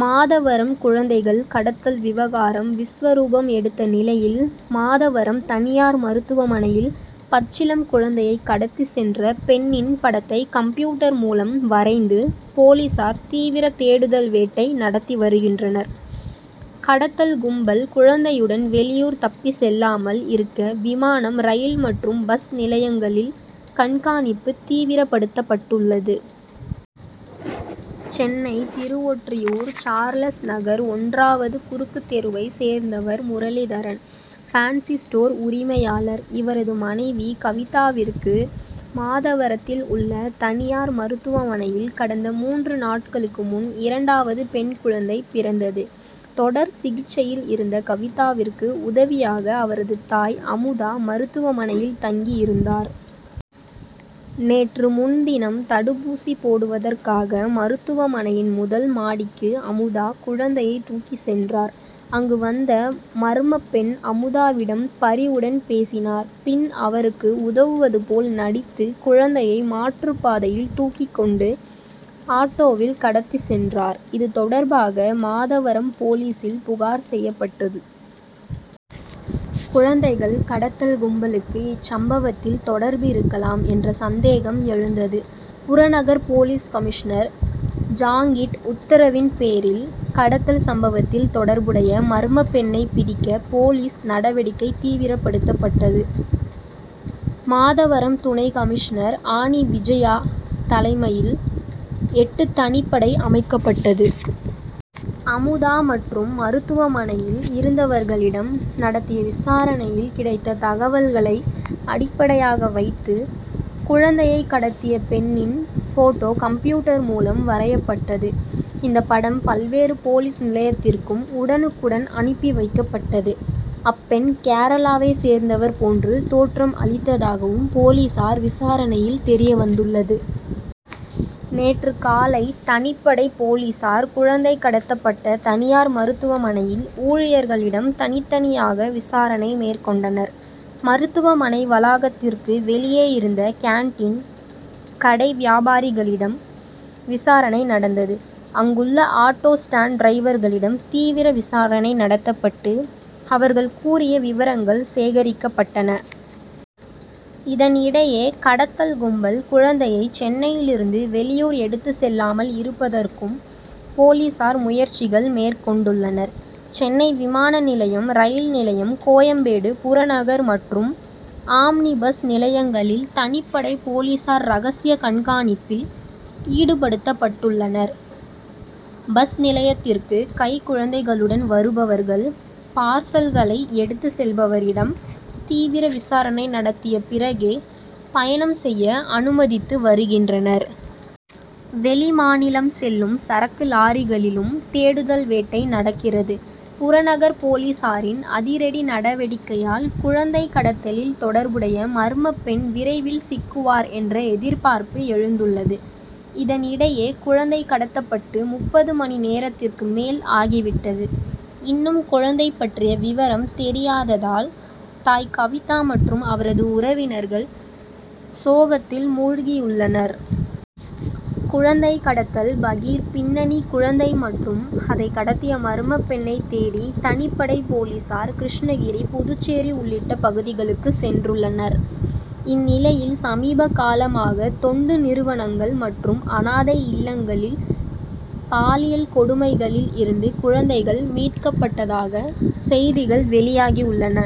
மாதவரம் குழந்தைகள் கடத்தல் விவகாரம் விஸ்வரூபம் எடுத்த நிலையில், மாதவரம் தனியார் மருத்துவமனையில் பச்சிளம் குழந் தையை கடத்திச் சென்ற பெண்ணின் படத்தை கம்ப்யூட்டர் மூலம் வரைந்து, போலீசார் தீவிர தேடுதல் வேட்டை நடத்தி வருகின்றனர். கடத்தல் கும்பல், குழந்தையுடன் வெளியூர் தப்பிச் செல்லாமல் இருக்க, விமானம், ரயில் மற்றும் பஸ் நிலையங்களில் கண்காணிப்பு தீவிரப்படுத்தப்பட்டுள்ளது. சென்னை திருவொற்றியூர் சார்லஸ் நகர் ஒன்றாவது குறுக்கு தெருவைச் சேர்ந்தவர் முரளிதரன் பேன்சி ஸ்டோர் உரிமையாளர். இவரது மனைவி கவிதாவிற்கு, மாதவரத்தில் உள்ள தனியார் மருத்துவமனையில் கடந்த மூன்று நாட்களுக்கு முன், இரண்டாவது பெண் குழந்தை பிறந்தது. தொடர் சிகிச்சையில் இருந்த கவிதாவிற்கு உதவியாக அவரது தாய் அமுதா மருத்துவமனையில் தங்கி இருந்தார். நேற்று முன்தினம் தடுப்பூசி போடுவதற்காக மருத்துவமனையின் முதல் மாடிக்கு அமுதா குழந்தையை தூக்கிச் சென்றார். அங்கு வந்த மர்மப் பெண், அமுதாவிடம் பரிவுடன் பேசினார். பின் அவருக்கு உதவுவது போல் நடித்து குழந் தையை மாற்றுப் பாதையில் தூக்கிக் கொண்டு ஆட்டோவில் கடத்திச் சென்றார். இது தொடர்பாக மாதவரம் போலீசில் புகார் செய்யப்பட்டது. குழந்தைகள் கடத்தல் கும்பலுக்கு இச்சம்பவத்தில் தொடர்பிருக்கலாம் என்ற சந்தேகம் எழுந்தது. புறநகர் போலீஸ் கமிஷனர் ஜாங்கிட் உத்தரவின் பேரில், கடத்தல் சம்பவத்தில் தொடர்புடைய மர்மப் பெண்ணை பிடிக்க போலீஸ் நடவடிக்கை தீவிரப்படுத்தப்பட்டது. மாதவரம் துணை கமிஷனர் ஆனி விஜயா தலைமையில் எட்டு தனிப்படை அமைக் கப்பட்டது. அமுதா மற்றும் மருத்துவமனையில் இருந்தவர்களிடம் நடத்திய விசாரணையில் கிடைத்த தகவல்களை அடிப்படையாக வைத்து, குழந்தையை கடத்திய பெண்ணின் போட்டோ கம்ப்யூட்டர் மூலம் வரையப்பட்டது. இந்த படம் பல்வேறு போலீஸ் நிலையத்திற்கும் உடனுக்குடன் அனுப்பி வைக்கப்பட்டது. அப்பெண் கேரளாவைச் சேர்ந்தவர் போன்று தோற்றம் அளித்ததாகவும் போலீசார் விசாரணையில் தெரியவந்துள்ளது. நேற்று காலை தனிப்படை போலீசார், குழந்தை கடத்தப் பட்ட தனியார் மருத்துவமனையில், ஊழியர்களிடம் தனித்தனியாக விசாரணை மேற்கொண்டனர். மருத்துவமனை வளாகத்திற்கு வெளியே இருந்த கேன்டீன், கடை வியாபாரிகளிடம் விசாரணை நடந்தது. அங்குள்ள ஆட்டோ ஸ்டாண்ட் டிரைவர்களிடம் தீவிர விசாரணை நடத்தப்பட்டு, அவர்கள் கூறிய விவரங்கள் சேகரிக்கப்பட்டன. இதனிடையே கடத்தல் கும்பல், குழந்தையை சென்னையில் இருந்து வெளியூர் எடுத்துச் செல்லாமல் இருப்பதற்கும் போலீசார் முயற்சிகள் மேற் கொண்டுள்ளனர். சென்னை விமான நிலையம், ரயில் நிலையம், கோயம்பேடு புறநகர் மற்றும் ஆம்னி பஸ் நிலையங்களில் தனிப்படை போலீசார் ரகசிய கண்காணிப்பில் ஈடுபடுத்தப் பட்டுள்ளனர். பஸ் நிலையத்திற்கு கைக்குழந்தைகளுடன் வருபவர்கள், பார்சல்களை எடுத்துச் செல்பவரிடம் தீவிர விசாரணை நடத்திய பிறகே பயணம் செய்ய அனுமதித்து வருகின்றனர். வெளிமாநிலம் செல் லும் சரக்கு லாரிகளிலும் தேடுதல் வேட்டை நடக்கிறது. புறநகர் போலீசாரின் அதிரடி நடவடிக்கையால், குழந்தை கடத்தலில் தொடர்புடைய மர்மப் பெண் விரைவில் சிக்குவார் என்ற எதிர்பார்ப்பு எழுந் துள்ளது. இதனிடையே, குழந்தை கடத்தப்பட்டு முப்பது மணி நேரத்திற்கு மேல் ஆகிவிட்டது. இன்னும் குழந்தை பற்றிய விவரம் தெரியாததால், தாய் கவிதா மற்றும் அவரது உறவினர்கள் சோகத்தில் மூழ்கியுள் ளனர். குழந்தை கடத்தல் பகீர் பின்னணி குழந்தை மற்றும் அதை கடத்திய மர்மப் பெண்ணைத் தேடி தனிப்படை போலீசார், கிருஷ்ணகிரி, புதுச்சேரி உள்ளிட்ட பகுதிகளுக்கு சென்றுள்ளனர். இந்நிலையில், சமீப காலமாக தொண்டு நிறுவனங்கள் மற்றும் அனாதை இல்லங்களில் பாலியல் கொடுமைகளில் இருந்து குழந்தைகள் மீட்கப்பட்டதாக செய்திகள் வெளியாகியுள்ளன.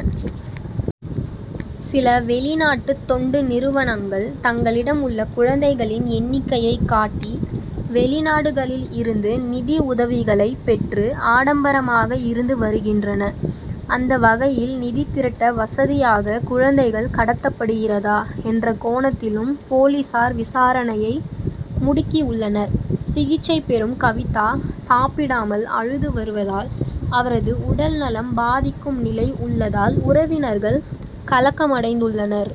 சில வெளிநாட்டு தொண்டு நிறுவனங்கள் தங்களிடம் உள்ள குழந்தைகளின் எண்ணிக்கையை காட்டி, வெளிநாடுகளில் இருந்து நிதி உதவிகளை பெற்று ஆடம்பரமாக இருந்து வருகின்றன. அந்த வகையில் நிதி திரட்ட வசதியாக குழந்தைகள் கடத்தப்படுகிறதா என்ற கோணத்திலும் போலீசார் விசாரணையை முடுக்கி உள்ளனர். சிகிச்சை பெறும் கவிதா சாப்பிடாமல் அழுது வருவதால், அவரது உடல் நலம் பாதிக்கும் நிலை உள்ளதால் உறவினர்கள் கலக்கமடைந்துள்ளனர்.